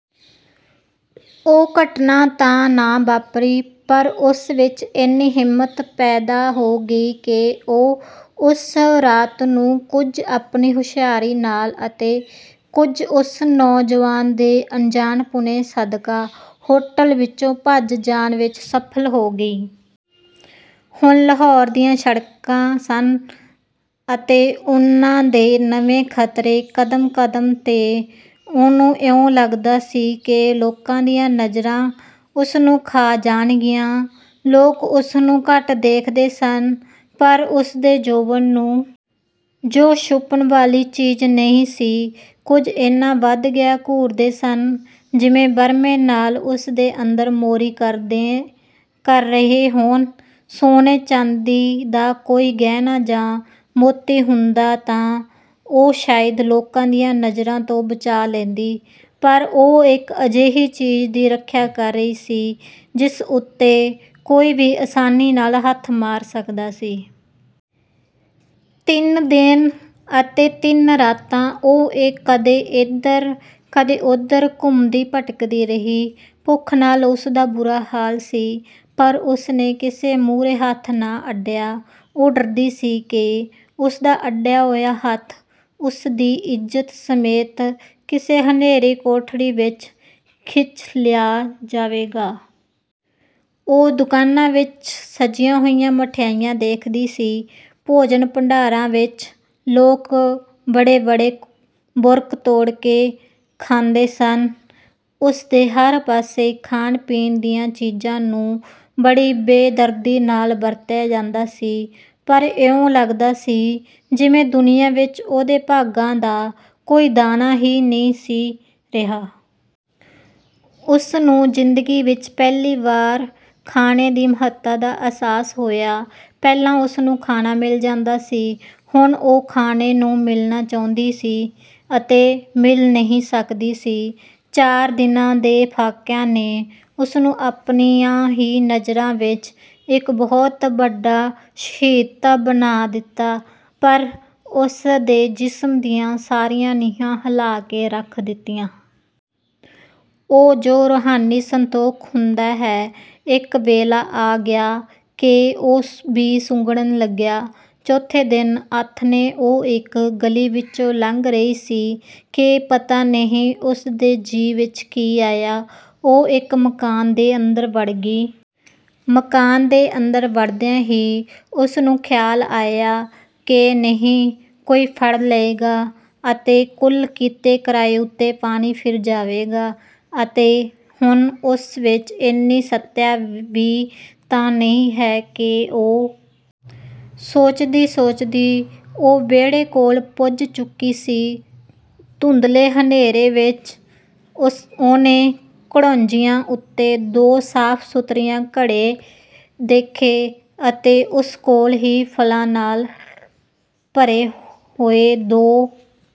ਉਹ ਘਟਨਾ ਤਾਂ ਨਾ ਵਾਪਰੀ, ਪਰ ਉਸ ਵਿਚ ਏਨੀ ਹਿੰਮਤ ਪੈਦਾ ਹੋ ਗਈ ਕਿ ਉਹ ਉਸ ਰਾਤ ਨੂੰ, ਕੁਝ ਆਪਣੀ ਹੁਸ਼ਿਆਰੀ ਨਾਲ ਅਤੇ ਕੁਝ ਉਸ ਨੌਜੁਆਨ ਦੇ ਅਣਜਾਣਪੁਣੇ ਸਦਕਾ, ਹੋਟਲ ਵਿਚੋਂ ਭੱਜ ਜਾਣ ਵਿਚ ਸਫ਼ਲ ਹੋ ਗਈ। ਹੁਣ ਲਾਹੌਰ ਦੀਆਂ ਸੜਕਾਂ ਸਨ ਅਤੇ ਉਨ੍ਹਾਂ ਦੇ ਨਵੇਂ ਖ਼ਤਰੇ, ਕਦਮ ਕਦਮ 'ਤੇ ਉਹਨੂੰ ਇਉਂ ਲੱਗਦਾ ਸੀ ਕਿ ਲੋਕਾਂ ਦੀਆਂ ਨਜ਼ਰਾਂ ਉਸਨੂੰ ਖਾ ਜਾਣਗੀਆਂ; ਲੋਕ ਉਸਨੂੰ ਘੱਟ ਦੇਖਦੇ ਸਨ, ਪਰ ਉਸਦੇ ਜੋਬਨ ਨੂੰ, ਜੋ ਛੁਪਣ ਵਾਲੀ ਚੀਜ਼ ਨਹੀਂ ਸੀ, ਕੁਝ ਏਨਾ ਵੱਧ ਘੂਰਦੇ ਸਨ, ਜਿਵੇਂ ਵਰਮੇ ਨਾਲ ਉਸਦੇ ਅੰਦਰ ਮੋਰੀ ਕਰ ਰਹੇ ਹੋਣ; ਸੋਨੇ-ਚਾਂਦੀ ਦਾ ਕੋਈ ਗਹਿਣਾ ਜਾਂ ਮੋਤੀ ਹੁੰਦਾ ਤਾਂ ਉਹ ਸ਼ਾਇਦ ਲੋਕਾਂ ਦੀਆਂ ਨਜ਼ਰਾਂ ਤੋਂ ਬਚਾਅ ਲੈਂਦੀ, ਪਰ ਉਹ ਇਕ ਅਜਿਹੀ ਚੀਜ਼ ਦੀ ਰੱਖਿਆ ਕਰ ਰਹੀ ਸੀ, ਜਿਸ ਉਤੇ ਕੋਈ ਵੀ ਅਸਾਨੀ ਨਾਲ ਹੱਥ ਮਾਰ ਸਕਦਾ ਸੀ। ਤਿੰਨ ਦਿਨ ਅਤੇ ਤਿੰਨ ਰਾਤਾਂ ਉਹ ਕਦੇ ਏਧਰ, ਕਦੇ ਓਧਰ ਘੁੰਮਦੀ-ਭਟਕਦੀ ਰਹੀ। ਭੁੱਖ ਨਾਲ ਉਸਦਾ ਬੁਰਾ ਹਾਲ ਸੀ, ਪਰ ਉਸਨੇ ਕਿਸੇ ਮੂਹਰੇ ਹੱਥ ਨਾ ਅੱਡਿਆ। ਉਹ ਡਰਦੀ ਸੀ ਕਿ ਉਸਦਾ ਅੱਡਿਆ ਹੋਇਆ ਹੱਥ ਉਸਦੀ ਇੱਜ਼ਤ ਸਮੇਤ ਕਿਸੇ ਹਨੇਰੀ ਕੋਠੜੀ ਵਿਚ ਖਿੱਚ ਲਿਆ ਜਾਵੇਗਾ। ਉਹ ਦੁਕਾਨਾਂ ਵਿਚ ਸਜੀਆਂ ਹੋਈਆਂ ਮਿਠਾਈਆਂ ਦੇਖਦੀ ਸੀ; ਭੋਜਨ-ਭੰਡਾਰਾਂ ਵਿਚ ਲੋਕ ਬਡੇ-ਬਡੇ ਬੁਰਕ ਤੋੜ ਕੇ ਖਾਂਦੇ ਸਨ; ਉਸਦੇ ਹਰ ਪਾਸੇ ਖਾਣ-ਪੀਣ ਦੀਆਂ ਚੀਜ਼ਾਂ ਨੂੰ ਬੜੀ ਬੇਦਰਦੀ ਨਾਲ ਵਰਤਿਆ ਜਾਂਦਾ ਸੀ; ਪਰ ਇਉਂ ਲਗਦਾ ਸੀ ਜਿਵੇਂ ਦੁਨੀਆ ਵਿਚ ਉਹਦੇ ਭਾਗਾਂ ਦਾ ਕੋਈ ਦਾਣਾ ਹੀ ਨਹੀਂ ਸੀ ਰਿਹਾ। ਉਸਨੂੰ ਜ਼ਿੰਦਗੀ ਵਿਚ ਪਹਿਲੀ ਵਾਰ ਖਾਣੇ ਦੀ ਮਹੱਤਤਾ ਦਾ ਅਹਿਸਾਸ ਹੋਇਆ। ਪਹਿਲਾਂ ਉਸਨੂੰ ਖਾਣਾ ਮਿਲ ਜਾਂਦਾ ਸੀ, ਹੁਣ ਉਹ ਖਾਣੇ ਨੂੰ ਮਿਲਣਾ ਚਾਹੁੰਦੀ ਸੀ ਅਤੇ ਮਿਲ ਨਹੀਂ ਸਕਦੀ ਸੀ। ਚਾਰ ਦਿਨਾਂ ਦੇ ਫਾਕਿਆਂ ਨੇ ਉਸਨੂੰ ਆਪਣੀਆਂ ਹੀ ਨਜ਼ਰਾਂ ਵਿਚ ਇਕ ਬਹੁਤ ਵੱਡਾ ਸ਼ਹੀਦ ਤਾਂ ਬਣਾ ਦਿੱਤਾ, ਪਰ ਉਸ ਦੇ ਜਿਸਮ ਦੀਆਂ ਸਾਰੀਆਂ ਨੀਹਾਂ ਹਿਲਾਅ ਕੇ ਰੱਖ ਦਿੱਤੀਆਂ। ਉਹ ਜੋ ਰੂਹਾਨੀ ਸੰਤੋਖ ਹੁੰਦਾ ਹੈ, ਇਕ ਵੇਲਾ ਆ ਗਿਆ ਕਿ ਉਹ ਵੀ ਸੁੰਗੜਨ ਲੱਗਿਆ। ਚੌਥੇ ਦਿਨ ਆਥਣੇ ਉਹ ਇਕ ਗਲੀ ਵਿਚੋਂ ਲੰਘ ਰਹੀ ਸੀ, ਕਿ ਪਤਾ ਨਹੀਂ ਉਸਦੇ ਜੀਅ ਵਿਚ ਕੀ ਆਇਆ, ਉਹ ਇਕ ਮਕਾਨ ਦੇ ਅੰਦਰ ਵੜ ਗਈ। ਮਕਾਨ ਦੇ ਅੰਦਰ ਵੜਦਿਆਂ ਹੀ ਉਸਨੂੰ ਖ਼ਿਆਲ ਆਇਆ ਕਿ ਨਹੀਂ, ਕੋਈ ਫੜ ਲਏਗਾ ਅਤੇ ਕੁੱਲ ਕੀਤੇ ਕਰਾਏ ਉਤੇ ਪਾਣੀ ਫਿਰ ਜਾਵੇਗਾ ਅਤੇ ਹੁਣ ਉਸ ਵਿਚ ਏਨੀ ਸੱਤਿਆ ਵੀ ਤਾਂ ਨਹੀਂ ਹੈ ਕਿ ਉਹ..?? ਸੋਚਦੀ ਸੋਚਦੀ ਉਹ ਵਿਹੜੇ ਕੋਲ ਪੁੱਜ ਚੁੱਕੀ ਸੀ। ਧੁੰਦਲੇ ਹਨੇਰੇ ਵਿਚ ਉਹਨੇ ਘੜੌਂਜੀਆਂ ਉਤੇ ਦੋ ਸਾਫ਼-ਸੁਥਰੇ ਘੜੇ ਦੇਖੇ ਅਤੇ ਉਸਦੇ ਕੋਲ ਹੀ ਫਲਾਂ ਨਾਲ ਭਰੇ ਹੋਏ ਦੋ